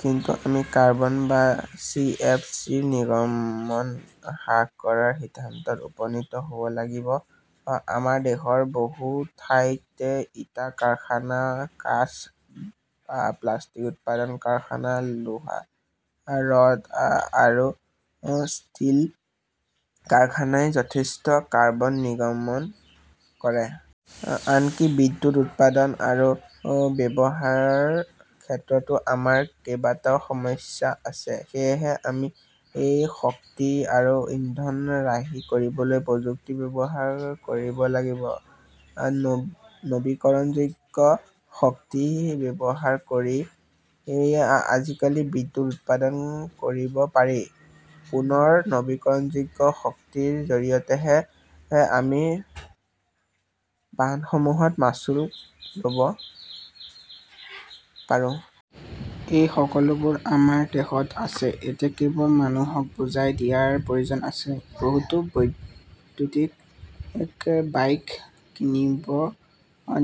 কিন্তু আমি কাৰ্বন বা চি. এফ. চি. নিৰ্গমন হ্ৰাস কৰাৰ সিদ্ধান্তত উপনীত হ ব লাগিব। আমাৰ দেশৰ বহু ঠাইত ইটা, কাৰখানা, কাঁচ বা প্লাষ্টিক উৎপাদন কাৰখানা, লোহা-ৰড আৰু ষ্টীল কাৰখানাই যথেষ্ট কাৰ্বন নিৰ্গমন কৰে। আনকি বিদ্যুৎ উৎপাদন আৰু ব্যৱহাৰৰ ক্ষেত্ৰতো আমাৰ কেইবাটাও সমস্যা আছে। সেয়েহে আমি শক্তি আৰু ইন্ধন ৰাহি কৰিবলৈ প্ৰযুক্তি ব্যৱহাৰ কৰিব লাগিব। নৱীকৰণযোগ্য শক্তি ব্যৱহাৰ কৰি আজিকালি বিদ্যুৎ উৎপাদন কৰিব পাৰি। পুনৰ নৱীকৰণযোগ্য শক্তিৰ জৰিয়তেহে আমি বাহনসমূহত মাচুল ল'ব পাৰোঁ। এই সকলোবোৰ আমাৰ দেশত আছে। এতিয়া কেৱল মানুহক বুজাই দিয়াৰ প্ৰয়োজন আছে। বহুতো বৈদ্যুতিক বাইক কিনিব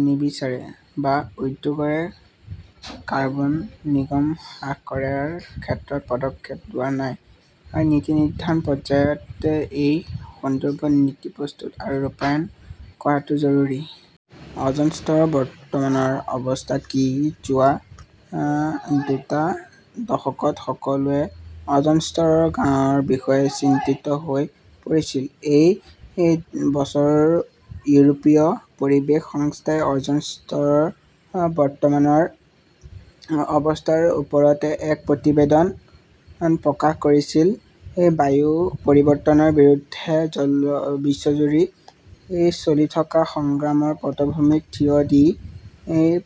নিবিচাৰে বা উদ্যোগৰে কাৰ্বন নিৰ্গমন হ্ৰাস কৰাৰ ক্ষেত্ৰত পদক্ষেপ লোৱা নাই। নীতি নিৰ্ধাৰণ পৰ্যায়ত এই সন্দৰ্ভত নীতি প্ৰস্তুত আৰু ৰূপায়ণ কৰাটো জৰুৰী। অ'জন স্তৰৰ বৰ্তমানৰ অৱস্থা কি? যোৱা দুটা দশকত সকলোৱে অ'জন স্তৰৰ গাঁতৰ বিষয়ে চিন্তিত হৈ পৰিছিল। এই বছৰ ইউৰোপীয় পৰিৱেশ সংস্থাই অ'জন স্তৰৰ বৰ্তমানৰ অৱস্থাৰ ওপৰত এক প্ৰতিবেদন প্ৰকাশ কৰিছিল। জলবায়ু পৰিৱৰ্তনৰ বিৰুদ্ধে বিশ্বজুৰি চলি থকা সংগ্ৰামৰ পটভূমিত থিয় দি,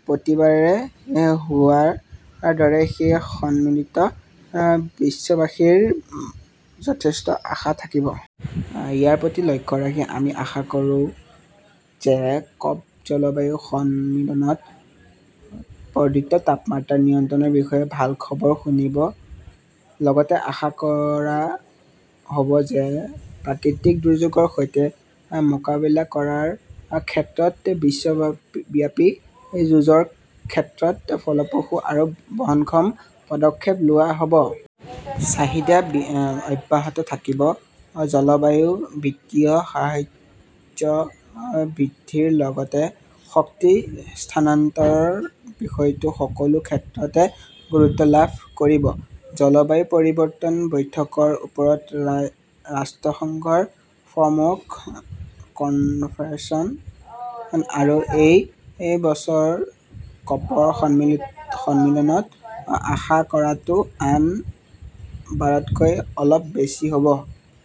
প্ৰতিবাৰেই হোৱাৰ দৰে এই সন্মিলনত বিশ্ববাসীৰ যথেষ্ট আশা থাকিব। ইয়াৰ প্ৰতি লক্ষ্য ৰাখি আমি আশা কৰোঁ যে কপ- জলবায়ু সন্মিলনত বৰ্ধিত তাপমাত্ৰা নিয়ন্ত্ৰণৰ বিষয়ে ভাল খবৰ শুনিব। লগতে আশা কৰা হ'ব যে প্ৰাকৃতিক দুৰ্যোগৰ সৈতে মোকাবিলা কৰাৰ ক্ষেত্ৰত বিশ্বব্যাপী যুঁজৰ ক্ষেত্ৰত ফলপ্ৰসূ আৰু বহনক্ষম পদক্ষেপ লোৱা হ'ব। চাহিদা অব্যাহত থাকিব, জলবায়ু বিত্তীয় সাহায্য বৃদ্ধিৰ লগতে শক্তি স্থানান্তৰৰ বিষয়টো সকলো ক্ষেত্ৰতে গুৰুত্ব লাভ কৰিব। জলবায়ু পৰিৱৰ্তন বৈঠকৰ ওপৰত ৰাষ্ট্ৰসংঘৰ ফ্ৰেমৱৰ্ক কনভেনচন আৰু এই বছৰ কপৰ সন্মিলনত আশা কৰাটো আন বাৰতকৈ অলপ বেছি হ 'ব।